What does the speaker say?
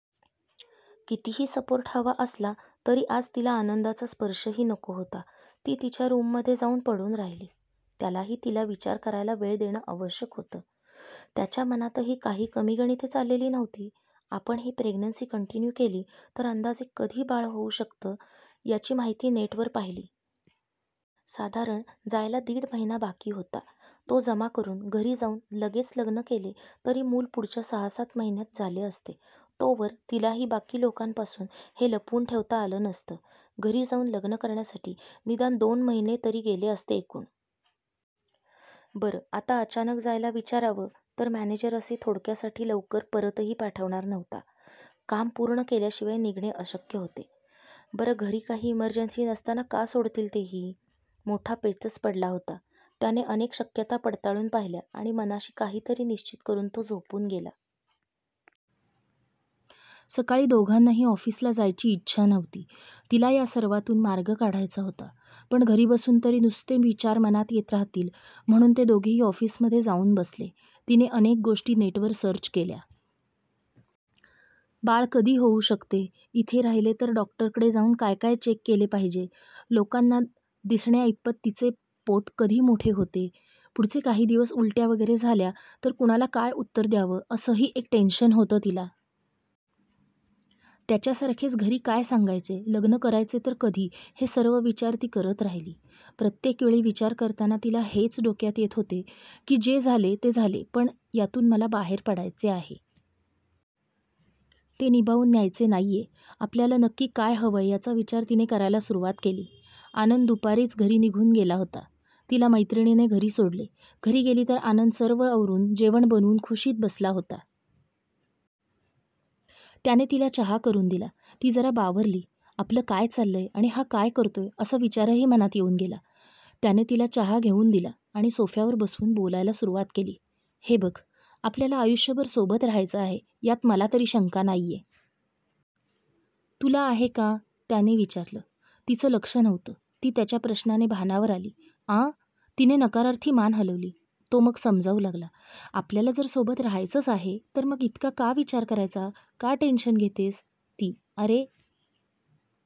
कितीही सपोर्ट हवा असला तरी आज तिला आनंदचा स्पर्शही नको होता. ती तिच्या रूममध्ये जाऊन पडून राहिली. त्यालाही तिला विचार करायला वेळ देणं आवश्यक होतं. त्याच्या मनातही काही कमी गणिते चाललेली नव्हती. आपण ही प्रेग्नन्सी कंटिन्यू केली तर अंदाजे कधी बाळ होऊ शकत याची माहिती नेटवर पाहिली. साधारण जायला दीड महिना बाकी होता. तो जमा करून घरी जाऊन लगेच लग्न केले तरी मूल पुढच्या सहा-सात महिन्यांत झाले असते. तोवर तिलाही बाकी लोकांपासून हे लपवून ठेवता आलं नसतं. घरी जाऊन लग्न करण्यासाठी निदान दोन महिने तरी गेले असते एकूण. बरं आता अचानक जायला विचारावं तर मॅनेजर असे थोडक्यासाठी लवकर परतही पाठवणार नव्हता. काम पूर्ण केल्याशिवाय निघणे अशक्य होते. बरं घरी काही इमर्जन्सी नसताना का सोडतील तेही? मोठा पेचच पडला होता. त्याने अनेक शक्यता पडताळून पाहिल्या आणि मनाशी काहीतरी निश्चित करून तो झोपून गेला. सकाळी दोघांनाही ऑफिसला जायची इच्छा नव्हती. तिला या सर्वातून मार्ग काढायचा होता. पण घरी बसून तरी नुसते विचार मनात येत राहतील म्हणून ते दोघेही ऑफिसमध्ये जाऊन बसले. तिने अनेक गोष्टी नेटवर सर्च केल्या. बाळ कधी होऊ शकते, इथे राहिले तर डॉक्टरकडे जाऊन काय काय चेक केले पाहिजे, लोकांना दिसण्याइतपत तिचे पोट कधी मोठे होते. पुढचे काही दिवस उलट्या वगैरे झाल्या तर कुणाला काय उत्तर द्यावं असंही एक टेन्शन होतं तिला. त्याच्यासारखेच घरी काय सांगायचे, लग्न करायचे तर कधी हे सर्व विचार ती करत राहिली. प्रत्येकवेळी विचार करताना तिला हेच डोक्यात येत होते की जे झाले ते झाले पण यातून मला बाहेर पडायचे आहे. ते निभावून न्यायचे नाहीये. आपल्याला नक्की काय हवंय याचा विचार तिने करायला सुरुवात केली. आनंद दुपारीच घरी निघून गेला होता. तिला मैत्रिणीने घरी सोडले. घरी गेली तर आनंद सर्व आवरून, जेवण बनवून खुशीत बसला होता. त्याने तिला चहा करून दिला. ती जरा बावरली. आपलं काय चाललंय आणि हा काय करतोय असा विचारही मनात येऊन गेला. त्याने तिला चहा घेऊन दिला आणि सोफ्यावर बसवून बोलायला सुरुवात केली,"हे बघ, आपल्याला आयुष्यभर सोबत राहायचं आहे यात मला तरी शंका नाहीये. तुला आहे का? ", त्याने विचारलं. तिचं लक्ष नव्हतं. ती त्याच्या प्रश्नाने भानावर आली. "आं! तिने नकारार्थी मान हलवली. तो मग समजावू लागला,"आपल्याला जर सोबत राहायचंच आहे तर मग इतका का विचार करायचा? का टेन्शन घेतेस? ती," अरे